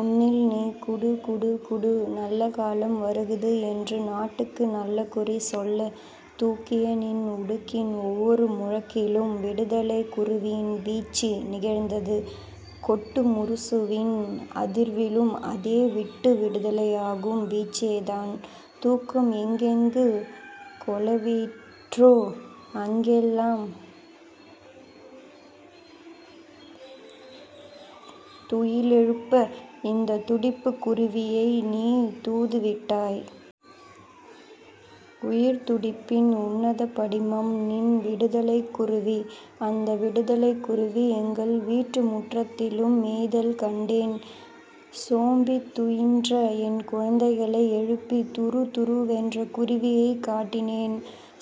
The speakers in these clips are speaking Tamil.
உன்னில் நீ குடு குடு குடு நல்லகாலம் வருகுது என்று நாட்டுக்கு நல்ல குறி சொல்ல தூக்கிய நின் உடுக்கின் ஒவ்வொரு முழக்கிலும் விடுதலைக் குருவியின் வீச்சு நிகழ்ந்தது. கொட்டு முரசுவின் அதிர்விலும் அதே விட்டு விடுதலையாகும் வீச்சேதான். தூக்கம் எங்கெங்கு கௌவிற்றோ அங்கெல்லாம் துயிலெழுப்ப இந்தத் துடிப்புக் குருவியை நீ தூதுவிட்டாய். உயிர்த்துடிப்பின் உன்னதபடிமம் நின் விடுதலைக்குருவி. அந்த விடுதலைக்குருவி எங்கள் வீட்டுமுற்றத்திலும் மேய்தல் கண்டேன். சோம்பித் துயின்ற என்குழந்தைகளை எழுப்பி துரு துரு வென்ற குருவியைக் காட்டினேன்.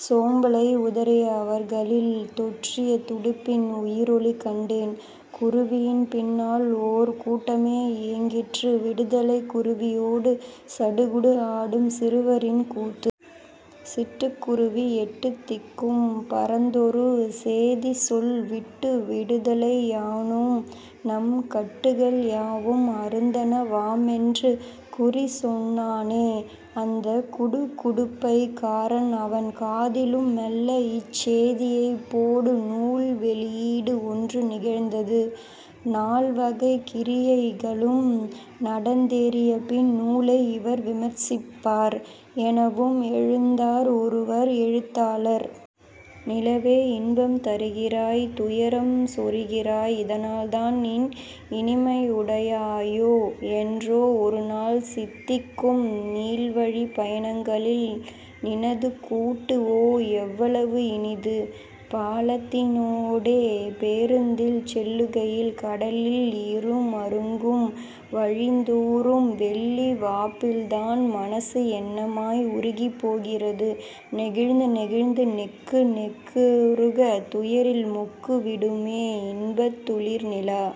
சோம்பலை உதறிய அவர்களில் தொற்றிய துடிப்பின் உயிரொளி கண்டேன். குருவியின் பின்னால் ஓர் கூட்டமே இயங்கிற்று. விடுதலைக் குருவியோடு சடுகுடு ஆடும் சிறுவரின் கூத்து. சிட்டுக்குருவி எட்டுத்திக்கும் பறந்தொரு சேதிசொல் விட்டு விடுதலையானோம் நம் கட்டுகள் யாவும் அறுந்தன வாமென்று. குறி சொன்னானே அந்தக் குடுகுடுப்பைக் காரன் அவன் காதிலும் மெல்ல இச் சேதியைப் போடு நூல் வெளியீடு ஒன்று நிகழ்ந்தது. நால் வகைக் கிரியைகளும் நடந்தேறியபின் நூலை இவர் விமர்சிப்பார் என்னவும் எழுந்தார் ஒருவர் எழுத்தாளர். நிலவே இன்பம் தருகிறாய் துயரும் சொரிகிறாய் இதனால்தான் நீ இனிமையுடையாயோ? என்றோ ஒருநாள் சித்திக்கும் நீள்வழிப் பயணங்களில் நினது கூட்டு ஓ எவ்வளவு இனிது. பாலத்தினூடே பேருந்தில் செல்லுகையில் கடலில் இருமருங்கும் வழிந்தூரும் வெள்ளி வாப்பில்தான் மனசு என்னமாய் உருகிப் போகிறது. நெகிழ்ந்து நெகிழ்ந்து நெக்கு நெக்குருக துயரில் மொக்கு விடுமே இன்பத் துளிர் நிலா.